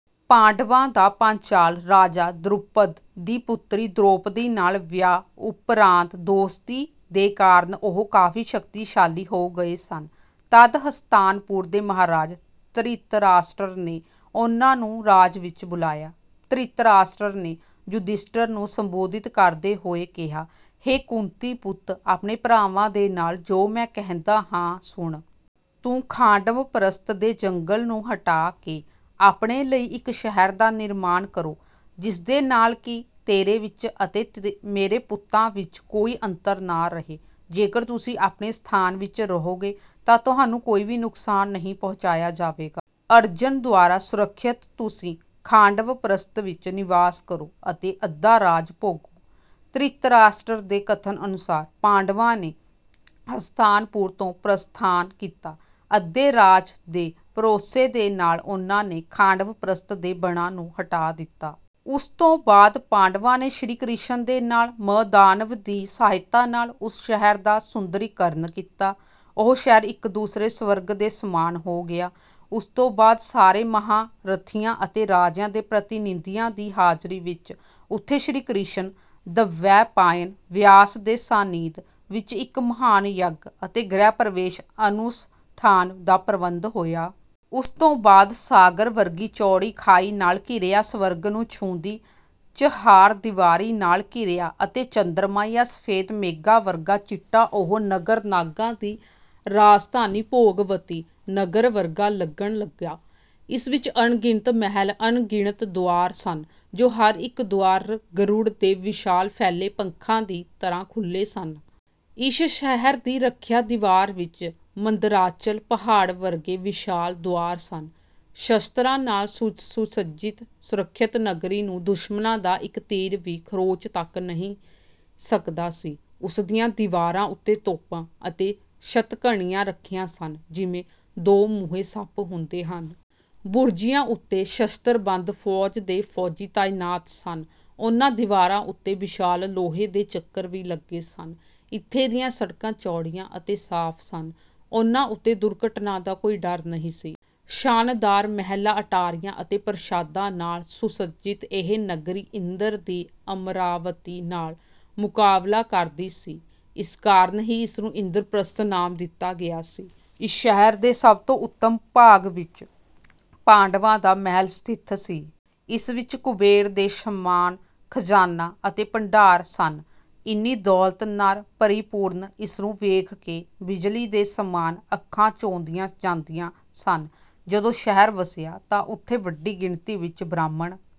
ਪਾਂਡਵਾਂ ਦਾ ਪਾਂਚਾਲ ਰਾਜਾ ਦ੍ਰੁਪਦ ਦੀ ਪੁਤਰੀ ਦ੍ਰੋਪਦੀ ਨਾਲ ਵਿਆਹ ਉੱਪਰਾਂਤ ਦੋਸਤੀ ਦੇ ਕਾਰਨ ਉਹ ਕਾਫੀ ਸ਼ਕਤੀਸ਼ਾਲੀ ਹੋ ਗਏ ਸਨ। ਤਦ ਹਸਤਨਾਪੁਰ ਦੇ ਮਹਾਰਾਜ ਧ੍ਰਿਤਰਾਸ਼ਟਰ ਨੇ ਉਨ੍ਹਾਂ ਨੂੰ ਰਾਜ ਵਿੱਚ ਬੁਲਾਇਆ। ਧ੍ਰਿਤਰਾਸ਼ਟਰ ਨੇ ਯੁਧਿਸ਼ਠਰ ਨੂੰ ਸੰਬੋਧਿਤ ਕਰਦੇ ਹੋਏ ਕਿਹਾ ਹੇ ਕੁੰਤੀ ਪੁੱਤ ਆਪਣੇ ਭਰਾਵਾਂ ਦੇ ਨਾਲ ਜੋ ਮੈਂ ਕਹਿੰਦਾ ਹਾਂ ਸੁਣ। ਤੂੰ ਖਾਂਡਵਪ੍ਰਸਥ ਦੇ ਜੰਗਲ ਨੂੰ ਹਟਾ ਕੇ ਆਪਣੇ ਲਈ ਇੱਕ ਸ਼ਹਿਰ ਦਾ ਨਿਰਮਾਣ ਕਰੋ ਜਿਸਦੇ ਨਾਲ ਕਿ ਤੇਰੇ ਵਿੱਚ ਅਤੇ ਮੇਰੇ ਪੁੱਤਾਂ ਵਿੱਚ ਕੋਈ ਅੰਤਰ ਨਾ ਰਹੇ। ਜੇਕਰ ਤੁਸੀਂ ਆਪਣੇ ਸਥਾਨ ਵਿੱਚ ਰਹੋਗੇ ਤਾਂ ਤੁਹਾਨੂੰ ਕੋਈ ਵੀ ਨੁਕਸਾਨ ਨਹੀਂ ਪਹੁੰਚਾਇਆ ਜਾਵੇਗਾ। ਅਰਜਨ ਦੁਆਰਾ ਸੁਰੱਖਿਅਤ ਤੁਸੀਂ ਖਾਂਡਵਪ੍ਰਸਥ ਵਿੱਚ ਨਿਵਾਸ ਕਰੋ ਅਤੇ ਅੱਧਾ ਰਾਜ ਭੋਗੋ। ਧ੍ਰਿਤਰਾਸ਼ਟਰ ਦੇ ਕਥਨ ਅਨੁਸਾਰ ਪਾਂਡਵਾਂ ਨੇ ਹਸਤਨਾਪੁਰ ਤੋਂ ਪ੍ਰਸਥਾਨ ਕੀਤਾ। ਅੱਧੇ ਰਾਜ ਦੇ ਭਰੋਸੇ ਦੇ ਨਾਲ ਉਨ੍ਹਾਂ ਨੇ ਖਾਂਡਵਪ੍ਰਸਥ ਦੇ ਵਣਾਂ ਨੂੰ ਹਟਾ ਦਿੱਤਾ। ਉਸ ਤੋਂ ਬਾਅਦ ਪਾਂਡਵਾਂ ਨੇ ਸ਼੍ਰੀ ਕ੍ਰਿਸ਼ਨ ਦੇ ਨਾਲ ਮਯ ਦਾਨਵ ਦੀ ਸਹਾਇਤਾ ਨਾਲ ਉਸ ਸ਼ਹਿਰ ਦਾ ਸੁੰਦਰੀਕਰਨ ਕੀਤਾ। ਉਹ ਸ਼ਹਿਰ ਇੱਕ ਦੂਸਰੇ ਸਵਰਗ ਦੇ ਸਮਾਨ ਹੋ ਗਿਆ। ਉਸ ਤੋਂ ਬਾਅਦ ਸਾਰੇ ਮਹਾਰਥੀਆਂ ਅਤੇ ਰਾਜਿਆਂ ਦੇ ਪ੍ਰਤੀਨਿਧੀਆਂ ਦੀ ਹਾਜ਼ਰੀ ਵਿੱਚ ਉੱਥੇ ਸ਼੍ਰੀ ਕ੍ਰਿਸ਼ਨ ਦਵੈਪਾਇਨ ਵਿਆਸ ਦੇ ਸਾਨਿਧ ਵਿੱਚ ਇੱਕ ਮਹਾਨ ਯੱਗ ਅਤੇ ਗ੍ਰਹਿ ਪ੍ਰਵੇਸ਼ ਅਨੁਸ਼ਠਾਨ ਦਾ ਪ੍ਰਬੰਧ ਹੋਇਆ। ਉਸ ਤੋਂ ਬਾਅਦ ਸਾਗਰ ਵਰਗੀ ਚੌੜੀ ਖਾਈ ਨਾਲ ਘਿਰਿਆ ਸਵਰਗ ਨੂੰ ਛੂੰਹਦੀ ਚਹਾਰਦੀਵਾਰੀ ਨਾਲ ਘਿਰਿਆ ਅਤੇ ਚੰਦਰਮਾ ਜਾਂ ਸਫੇਦ ਮੇਘਾਂ ਵਰਗਾ ਚਿੱਟਾ ਉਹ ਨਗਰ ਨਾਗਾਂ ਦੀ ਰਾਜਧਾਨੀ ਭੋਗਵਤੀ ਨਗਰ ਵਰਗਾ ਲੱਗਣ ਲੱਗਾ। ਇਸ ਵਿੱਚ ਅਣਗਿਣਤ ਮਹਿਲ ਅਣਗਿਨਤ ਦੁਆਰ ਸਨ ਜੋ ਹਰ ਇੱਕ ਦੁਆਰ ਗਰੁੜ ਦੇ ਵਿਸ਼ਾਲ ਫੈਲੇ ਪੰਖਾਂ ਦੀ ਤਰ੍ਹਾਂ ਖੁੱਲੇ ਸਨ। ਇਸ ਸ਼ਹਿਰ ਦੀ ਰੱਖਿਆ ਦੀਵਾਰ ਵਿੱਚ ਮੰਦਰਾਚਲ ਪਹਾੜ ਵਰਗੇ ਵਿਸ਼ਾਲ ਦੁਆਰ ਸਨ। ਸ਼ਸਤਰਾਂ ਨਾਲ ਸੁਸੱਜਿਤ ਸੁਰੱਖਿਅਤ ਨਗਰੀ ਨੂੰ ਦੁਸ਼ਮਨਾਂ ਦਾ ਇੱਕ ਤੀਰ ਵੀ ਖਰੋਚ ਤੱਕ ਨਹੀਂ ਸਕਦਾ ਸੀ। ਉਸ ਦੀਆਂ ਦੀਵਾਰਾਂ ਉੱਤੇ ਤੋਪਾਂ ਅਤੇ ਸ਼ਤਘਨੀਆਂ ਰੱਖੀਆਂ ਸਨ ਜਿਵੇਂ ਦੋਮੁਹੇ ਸੱਪ ਹੁੰਦੇ ਹਨ। ਬੁਰਜੀਆਂ ਉੱਤੇ ਸ਼ਸਤਰਬੰਦ ਫੌਜ ਦੇ ਫੌਜੀ ਤਾਇਨਾਤ ਸਨ। ਉਨ੍ਹਾਂ ਦੀਵਾਰਾਂ ਉੱਤੇ ਵਿਸ਼ਾਲ ਲੋਹੇ ਦੇ ਚੱਕਰ ਵੀ ਲੱਗੇ ਸਨ। ਇੱਥੇ ਦੀਆਂ ਸੜਕਾਂ ਚੌੜੀਆਂ ਅਤੇ ਸਾਫ ਸਨ। ਉਨ੍ਹਾਂ ਉੱਤੇ ਦੁਰਘਟਨਾ ਦਾ ਕੋਈ ਡਰ ਨਹੀਂ ਸੀ। ਸ਼ਾਨਦਾਰ ਮਹਿਲਾਂ ਅਟਾਰੀਆਂ ਅਤੇ ਪ੍ਰਾਸਾਦਾਂ ਨਾਲ ਸੁਸੱਜਿਤ ਇਹ ਨਗਰੀ ਇੰਦਰ ਦੀ ਅਮਰਾਵਤੀ ਨਾਲ ਮੁਕਾਬਲਾ ਕਰਦੀ ਸੀ। ਇਸ ਕਾਰਨ ਹੀ ਇਸਨੂੰ ਇੰਦਰਪ੍ਰਸਥ ਨਾਮ ਦਿੱਤਾ ਗਿਆ ਸੀ। ਇਸ ਸ਼ਹਿਰ ਦੇ ਸਭ ਤੋਂ ਉੱਤਮ ਭਾਗ ਵਿੱਚ ਪਾਂਡਵਾਂ ਦਾ ਮਹਿਲ ਸਥਿਤ ਸੀ। ਇਸ ਵਿੱਚ ਕੁਬੇਰ ਦੇ ਸਮਾਨ ਖਜ਼ਾਨਾ ਅਤੇ ਭੰਡਾਰ ਸਨ। ਇੰਨੀ ਦੌਲਤ ਨਾਲ ਪਰਿਪੂਰਨ ਇਸਨੂੰ ਵੇਖ ਕੇ ਬਿਜਲੀ ਦੇ ਸਮਾਨ ਅੱਖਾਂ ਚੌਧੀਆਂ ਜਾਂਦੀਆਂ ਸਨ। ਜਦੋਂ ਸ਼ਹਿਰ ਵਸਿਆ ਤਾਂ ਉੱਥੇ ਵੱਡੀ ਗਿਣਤੀ ਵਿੱਚ ਬ੍ਰਾਹਮਣ